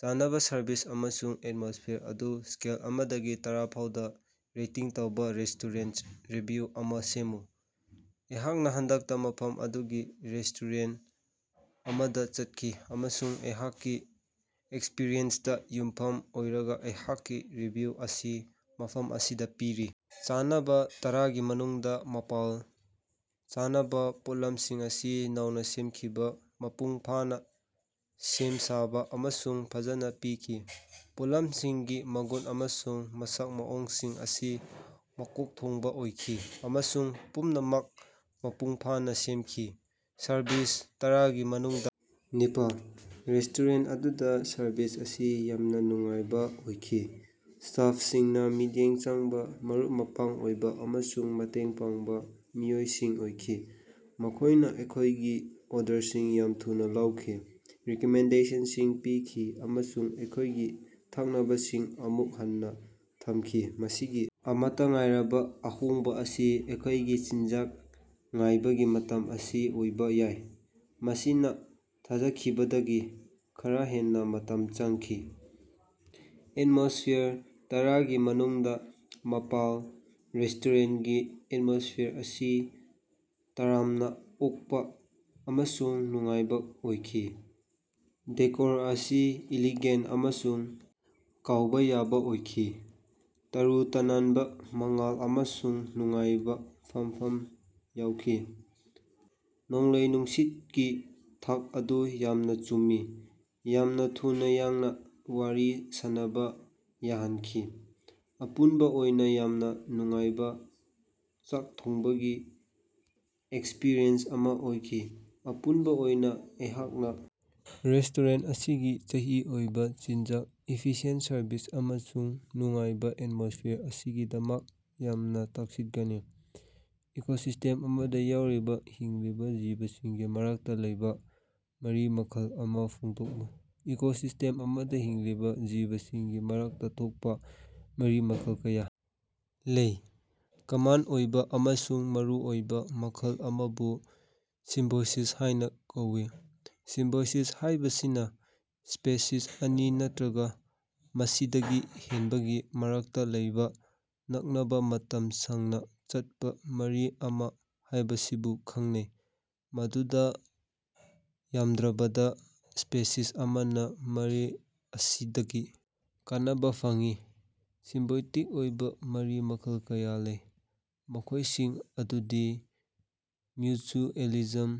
ꯆꯥꯅꯕ ꯁꯔꯚꯤꯁ ꯑꯃꯁꯨꯡ ꯑꯦꯠꯃꯣꯁꯐ꯭ꯌꯔ ꯑꯗꯨ ꯁ꯭ꯀꯦꯜ ꯑꯃꯗꯒꯤ ꯇꯔꯥ ꯐꯥꯎꯗ ꯔꯦꯇꯤꯡ ꯇꯧꯕ ꯔꯦꯁꯇꯣꯔꯦꯟꯇ ꯔꯤꯚꯤꯌꯨ ꯑꯃ ꯁꯦꯝꯃꯨ꯫ ꯑꯩꯍꯥꯛꯅ ꯍꯟꯗꯛꯇ ꯃꯐꯝ ꯑꯗꯨꯒꯤ ꯔꯦꯁꯇꯣꯔꯦꯟꯇ ꯑꯃꯗ ꯆꯠꯈꯤ ꯑꯃꯁꯨꯡ ꯑꯩꯍꯥꯛꯀꯤ ꯑꯦꯛꯁꯄꯔꯤꯌꯦꯟꯁꯇ ꯌꯨꯝꯐꯝ ꯑꯣꯏꯔꯒ ꯑꯩꯍꯥꯛꯀꯤ ꯔꯤꯚꯤꯌꯨ ꯑꯁꯤ ꯃꯐꯝ ꯑꯁꯤꯗ ꯄꯤꯔꯤ꯫ ꯆꯥꯅꯕ: ꯇꯔꯥꯒꯤ ꯃꯅꯨꯡꯗ ꯃꯥꯄꯜ, ꯆꯥꯅꯕ ꯄꯣꯠꯂꯝꯁꯤꯡ ꯑꯁꯤ ꯅꯧꯅ ꯁꯦꯝꯈꯤꯕ, ꯃꯄꯨꯡ ꯐꯥꯅ ꯁꯦꯝ ꯁꯥꯕ ꯑꯃꯁꯨꯡ ꯐꯖꯅ ꯄꯤꯈꯤ꯫ ꯄꯣꯠꯂꯝꯁꯤꯡꯒꯤ ꯃꯒꯨꯟ ꯑꯃꯁꯨꯡ ꯃꯁꯛ ꯃꯑꯣꯡꯁꯤꯡ ꯑꯁꯤ ꯃꯀꯣꯛ ꯊꯣꯡꯕ ꯑꯣꯏꯈꯤ ꯑꯃꯁꯨꯡ ꯄꯨꯝꯅꯃꯛ ꯃꯄꯨꯡ ꯐꯥꯅ ꯁꯦꯝꯈꯤ꯫ ꯁꯔꯚꯤꯁ: ꯇꯔꯥꯒꯤ ꯃꯅꯨꯡꯗ ꯅꯤꯄꯥꯜ, ꯔꯦꯁꯇꯣꯔꯦꯟꯇ ꯑꯗꯨꯗ ꯁꯔꯚꯤꯁ ꯑꯁꯤ ꯌꯥꯝꯅ ꯅꯨꯡꯉꯥꯏꯕ ꯑꯣꯏꯈꯤ꯫ ꯁ꯭ꯇꯥꯐꯁꯤꯡꯅ ꯃꯤꯠꯌꯦꯡ ꯆꯪꯕ, ꯃꯔꯨꯞ-ꯃꯄꯥꯡ ꯑꯣꯏꯕ ꯑꯃꯁꯨꯡ ꯃꯇꯦꯡ ꯄꯥꯡꯕ ꯃꯤꯑꯣꯏꯁꯤꯡ ꯑꯣꯏꯈꯤ꯫ ꯃꯈꯣꯏꯅ ꯑꯩꯈꯣꯏꯒꯤ ꯑꯣꯔꯗꯔꯁꯤꯡ ꯌꯥꯝꯅ ꯊꯨꯅ ꯂꯧꯈꯤ, ꯔꯤꯀꯃꯦꯟꯗꯦꯁꯟꯁꯤꯡ ꯄꯤꯈꯤ ꯑꯃꯁꯨꯡ ꯑꯩꯈꯣꯏꯒꯤ ꯊꯛꯅꯕꯁꯤꯡ ꯑꯃꯨꯛ ꯍꯟꯅ ꯊꯝꯈꯤ꯫ ꯃꯁꯤꯒꯤ ꯑꯃꯠꯇ ꯉꯥꯏꯔꯕ ꯑꯍꯣꯡꯕ ꯑꯁꯤ ꯑꯩꯈꯣꯏꯒꯤ ꯆꯤꯟꯖꯥꯛ ꯉꯥꯏꯕꯒꯤ ꯃꯇꯝ ꯑꯁꯤ ꯑꯣꯏꯕ ꯌꯥꯏ, ꯃꯁꯤꯅ ꯊꯥꯖꯈꯤꯕꯗꯒꯤ ꯈꯔ ꯍꯦꯟꯅ ꯃꯇꯝ ꯆꯪꯈꯤ꯫ ꯑꯦꯠꯃꯣꯁꯐ꯭ꯌꯔ: ꯇꯔꯥꯒꯤ ꯃꯅꯨꯡꯗ ꯃꯥꯄꯜ, ꯔꯦꯁꯇꯣꯔꯦꯟꯇꯀꯤ ꯑꯦꯠꯃꯣꯁꯐ꯭ꯌꯔ ꯑꯁꯤ ꯇꯔꯥꯝꯅ ꯑꯣꯛꯄ ꯑꯃꯁꯨꯡ ꯅꯨꯡꯉꯥꯏꯕ ꯑꯣꯏꯈꯤ꯫ ꯗꯦꯀꯣꯔ ꯑꯁꯤ ꯏꯂꯤꯒꯦꯟꯇ ꯑꯃꯁꯨꯡ ꯀꯧꯕ ꯌꯥꯕ ꯑꯣꯏꯈꯤ, ꯇꯔꯨ ꯇꯅꯥꯟꯕ ꯃꯉꯥꯜ ꯑꯃꯁꯨꯡ ꯅꯨꯡꯉꯥꯏꯕ ꯐꯝꯐꯝ ꯌꯥꯎꯈꯤ꯫ ꯅꯣꯡꯂꯩ-ꯅꯨꯡꯁꯤꯠꯀꯤ ꯊꯥꯛ ꯑꯗꯨ ꯌꯥꯝꯅ ꯆꯨꯝꯃꯤ, ꯌꯥꯝꯅ ꯊꯨꯅ ꯌꯥꯡꯅ ꯋꯥꯔꯤ ꯁꯥꯅꯕ ꯌꯥꯍꯟꯈꯤ꯫ ꯑꯄꯨꯟꯕ ꯑꯣꯏꯅ ꯌꯥꯝꯅ ꯅꯨꯡꯉꯥꯏꯕ ꯆꯥꯛ ꯊꯣꯡꯕꯒꯤ ꯑꯦꯛꯁꯄꯔꯤꯌꯦꯟꯁ ꯑꯃ ꯑꯣꯏꯈꯤ꯫ ꯑꯄꯨꯟꯕ ꯑꯣꯏꯅ ꯑꯩꯍꯥꯛꯅ ꯔꯦꯁꯇꯣꯔꯦꯟꯇ ꯑꯁꯤꯒꯤ ꯃꯆꯤ ꯑꯣꯏꯕ ꯆꯤꯟꯖꯥꯛ, ꯏꯐꯤꯁꯤꯌꯦꯟꯇ ꯁꯔꯚꯤꯁ ꯑꯃꯁꯨꯡ ꯅꯨꯡꯉꯥꯏꯕ ꯑꯦꯠꯃꯣꯁꯐ꯭ꯌꯔ ꯑꯁꯤꯒꯤꯗꯃꯛ ꯌꯥꯝꯅ ꯇꯛꯁꯤꯠꯒꯅꯤ꯫ ꯏꯀꯣꯁꯤꯁꯇꯦꯝ ꯑꯃꯗ ꯌꯥꯎꯔꯤꯕ ꯍꯤꯡꯂꯤꯕ ꯖꯤꯕꯁꯤꯡꯒꯤ ꯃꯔꯛꯇ ꯂꯩꯕ ꯃꯔꯤ ꯃꯈꯜ ꯑꯃ ꯐꯣꯡꯗꯣꯛꯎ꯫ ꯏꯀꯣꯁꯤꯁꯇꯦꯝ ꯑꯃꯗ ꯍꯤꯡꯂꯤꯕ ꯖꯤꯕꯁꯤꯡꯒꯤ ꯃꯔꯛꯇ ꯊꯣꯛꯄ ꯃꯔꯤ ꯃꯈꯜ ꯀꯌꯥ ꯂꯩ꯫ ꯀꯃꯟ ꯑꯣꯏꯕ ꯑꯃꯁꯨꯡ ꯃꯔꯨꯑꯣꯏꯕ ꯃꯈꯜ ꯑꯃꯕꯨ ꯁꯤꯝꯕꯣꯏꯁꯤꯁ ꯍꯥꯏꯅ ꯀꯧꯏ꯫ ꯁꯤꯝꯕꯣꯏꯁꯤꯁ ꯍꯥꯏꯕꯁꯤꯅ ꯁ꯭ꯄꯦꯁꯤꯁ ꯑꯅꯤ ꯅꯠꯇ꯭ꯔꯒ ꯃꯁꯤꯗꯒꯤ ꯍꯦꯟꯕꯒꯤ ꯃꯔꯛꯇ ꯂꯩꯕ ꯅꯛꯅꯕ, ꯃꯇꯝ ꯁꯥꯡꯅ ꯆꯠꯄ ꯃꯔꯤ ꯑꯃ ꯍꯥꯏꯕꯁꯤꯕꯨ ꯈꯪꯅꯩ, ꯃꯗꯨꯗ ꯌꯥꯝꯗ꯭ꯔꯕꯗ ꯁ꯭ꯄꯦꯁꯤꯁ ꯑꯃꯅ ꯃꯔꯤ ꯑꯁꯤꯗꯒꯤ ꯀꯥꯟꯅꯕ ꯐꯪꯏ꯫ ꯁꯤꯝꯕꯣꯏꯇꯤꯛ ꯑꯣꯏꯕ ꯃꯔꯤ ꯃꯈꯜ ꯀꯌꯥ ꯂꯩ, ꯃꯈꯣꯏꯁꯤꯡ ꯑꯗꯨꯗꯤ: ꯃ꯭ꯌꯨꯆꯨꯑꯦꯂꯤꯖꯝ: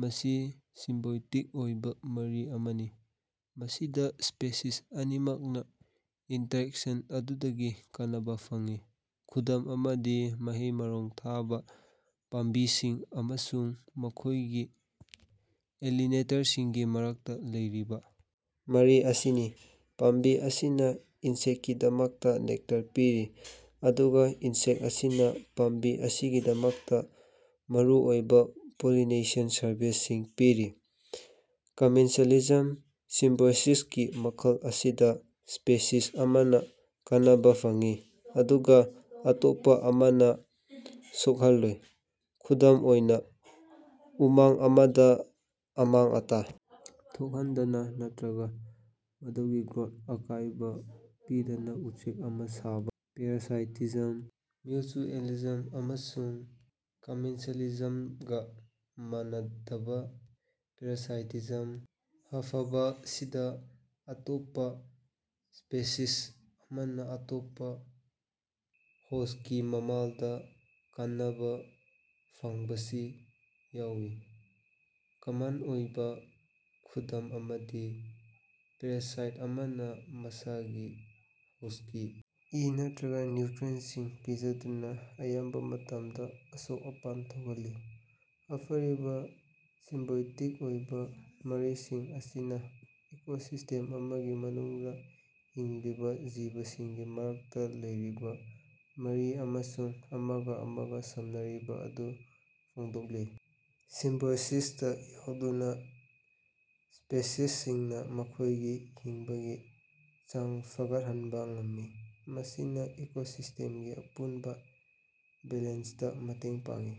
ꯃꯁꯤ ꯁꯤꯝꯕꯣꯏꯇꯤꯛ ꯑꯣꯏꯕ ꯃꯔꯤ ꯑꯃꯅꯤ, ꯃꯁꯤꯗ ꯁ꯭ꯄꯦꯁꯤꯁ ꯑꯅꯤꯃꯛꯅ ꯏꯟꯇꯔꯦꯛꯁꯟ ꯑꯗꯨꯗꯒꯤ ꯀꯥꯟꯅꯕ ꯐꯪꯏ꯫ ꯈꯨꯗꯝ ꯑꯃꯗꯤ ꯃꯍꯩ-ꯃꯔꯣꯡ ꯊꯥꯕ ꯄꯥꯝꯕꯤꯁꯤꯡ ꯑꯃꯁꯨꯡ ꯃꯈꯣꯏꯒꯤ ꯄꯣꯂꯤꯅꯦꯇꯔꯁꯤꯡꯒꯤ ꯃꯔꯛꯇ ꯂꯩꯔꯤꯕ ꯃꯔꯤ ꯑꯁꯤꯅꯤ꯫ ꯄꯥꯝꯕꯤ ꯑꯁꯤꯅ ꯏꯟꯁꯦꯛꯇꯀꯤꯗꯃꯛꯇ ꯅꯦꯛꯇꯔ ꯄꯤꯔꯤ, ꯑꯗꯨꯒ ꯏꯟꯁꯦꯛꯇ ꯑꯁꯤꯅ ꯄꯥꯝꯕꯤ ꯑꯁꯤꯒꯤꯗꯃꯛꯇ ꯃꯔꯨꯑꯣꯏꯕ ꯄꯣꯂꯤꯅꯦꯁꯟ ꯁꯔꯚꯤꯁꯁꯤꯡ ꯄꯤꯔꯤ꯫ ꯀꯃꯦꯟꯁꯥꯂꯤꯖꯝ: ꯁꯤꯝꯕꯣꯏꯁꯤꯁꯀꯤ ꯃꯈꯜ ꯑꯁꯤꯗ, ꯁ꯭ꯄꯦꯁꯤꯁ ꯑꯃꯅ ꯀꯥꯟꯅꯕ ꯐꯪꯏ ꯑꯗꯨꯒ ꯑꯇꯣꯞꯄ ꯑꯃꯅ ꯁꯣꯛꯍꯜꯂꯣꯏ꯫ ꯈꯨꯗꯝ ꯑꯣꯏꯅ, ꯎꯃꯪ ꯑꯃꯗ ꯑꯃꯥꯡ-ꯑꯇꯥ ꯊꯣꯛꯍꯟꯗꯅ ꯅꯠꯇ꯭ꯔꯒ ꯃꯗꯨꯒꯤ ꯒ꯭ꯔꯣꯊ ꯑꯀꯥꯏꯕ ꯄꯤꯗꯅ ꯎꯆꯦꯛ ꯑꯃ ꯁꯥꯕ꯫ ꯄꯦꯔꯥꯁꯥꯏꯇꯤꯖꯝ: ꯃ꯭ꯌꯨꯆꯨꯑꯦꯂꯤꯖꯝ ꯑꯃꯁꯨꯡ ꯀꯃꯦꯟꯁꯥꯂꯤꯖꯝꯒ ꯃꯥꯟꯅꯗꯕ, ꯄꯦꯔꯥꯁꯥꯏꯇꯤꯖꯝ ꯑꯐꯕꯁꯤꯗ ꯑꯇꯣꯞꯄ ꯁ꯭ꯄꯦꯁꯤꯁ ꯑꯃꯅ ꯑꯇꯣꯞꯄ ꯍꯣꯁ꯭ꯠꯀꯤ ꯃꯃꯜꯗ ꯀꯥꯟꯅꯕ ꯐꯪꯕꯁꯤ ꯌꯥꯎꯏ꯫ ꯀꯃꯟ ꯑꯣꯏꯕ ꯈꯨꯗꯝ ꯑꯃꯗꯤ ꯄꯦꯔꯥꯁꯥꯏꯠ ꯑꯃꯅ ꯃꯁꯥꯒꯤ ꯍꯣꯁ꯭ꯠꯀꯤ ꯏ ꯅꯠꯇ꯭ꯔꯒ ꯅ꯭ꯌꯨꯇ꯭ꯔꯤꯑꯦꯟꯇꯁꯤꯡ ꯄꯤꯖꯗꯨꯅ ꯑꯌꯥꯝꯕ ꯃꯇꯝꯗ ꯑꯁꯣꯛ-ꯑꯄꯟ ꯊꯣꯛꯍꯜꯂꯤ꯫ ꯍꯥꯐꯔꯤꯕ ꯁꯤꯝꯕꯣꯏꯇꯤꯛ ꯑꯣꯏꯕ ꯃꯔꯤꯁꯤꯡ ꯑꯁꯤꯅ ꯏꯀꯣꯁꯤꯁ꯭ꯇꯦꯝ ꯑꯃꯒꯤ ꯃꯅꯨꯡꯗ ꯍꯤꯡꯂꯤꯕ ꯖꯤꯕꯁꯤꯡꯒꯤ ꯃꯔꯛꯇ ꯂꯩꯔꯤꯕ ꯃꯔꯤ ꯑꯃꯁꯨꯡ ꯑꯃꯒ ꯑꯃꯒ ꯁꯝꯅꯔꯤꯕ ꯑꯗꯨ ꯐꯣꯡꯗꯣꯛꯂꯤ꯫ ꯁꯤꯝꯕꯣꯏꯁꯤꯁꯇ ꯌꯥꯎꯗꯨꯅ, ꯁ꯭ꯄꯦꯁꯤꯁꯁꯤꯡꯅ ꯃꯈꯣꯏꯒꯤ ꯍꯤꯡꯕꯒꯤ ꯆꯥꯡ ꯐꯒꯠꯍꯟꯕ ꯉꯝꯃꯤ, ꯃꯁꯤꯅ ꯏꯀꯣꯁꯤꯁꯇꯦꯝꯒꯤ ꯑꯄꯨꯟꯕ ꯕꯦꯂꯦꯟꯁꯇ ꯃꯇꯦꯡ ꯄꯥꯡꯏ꯫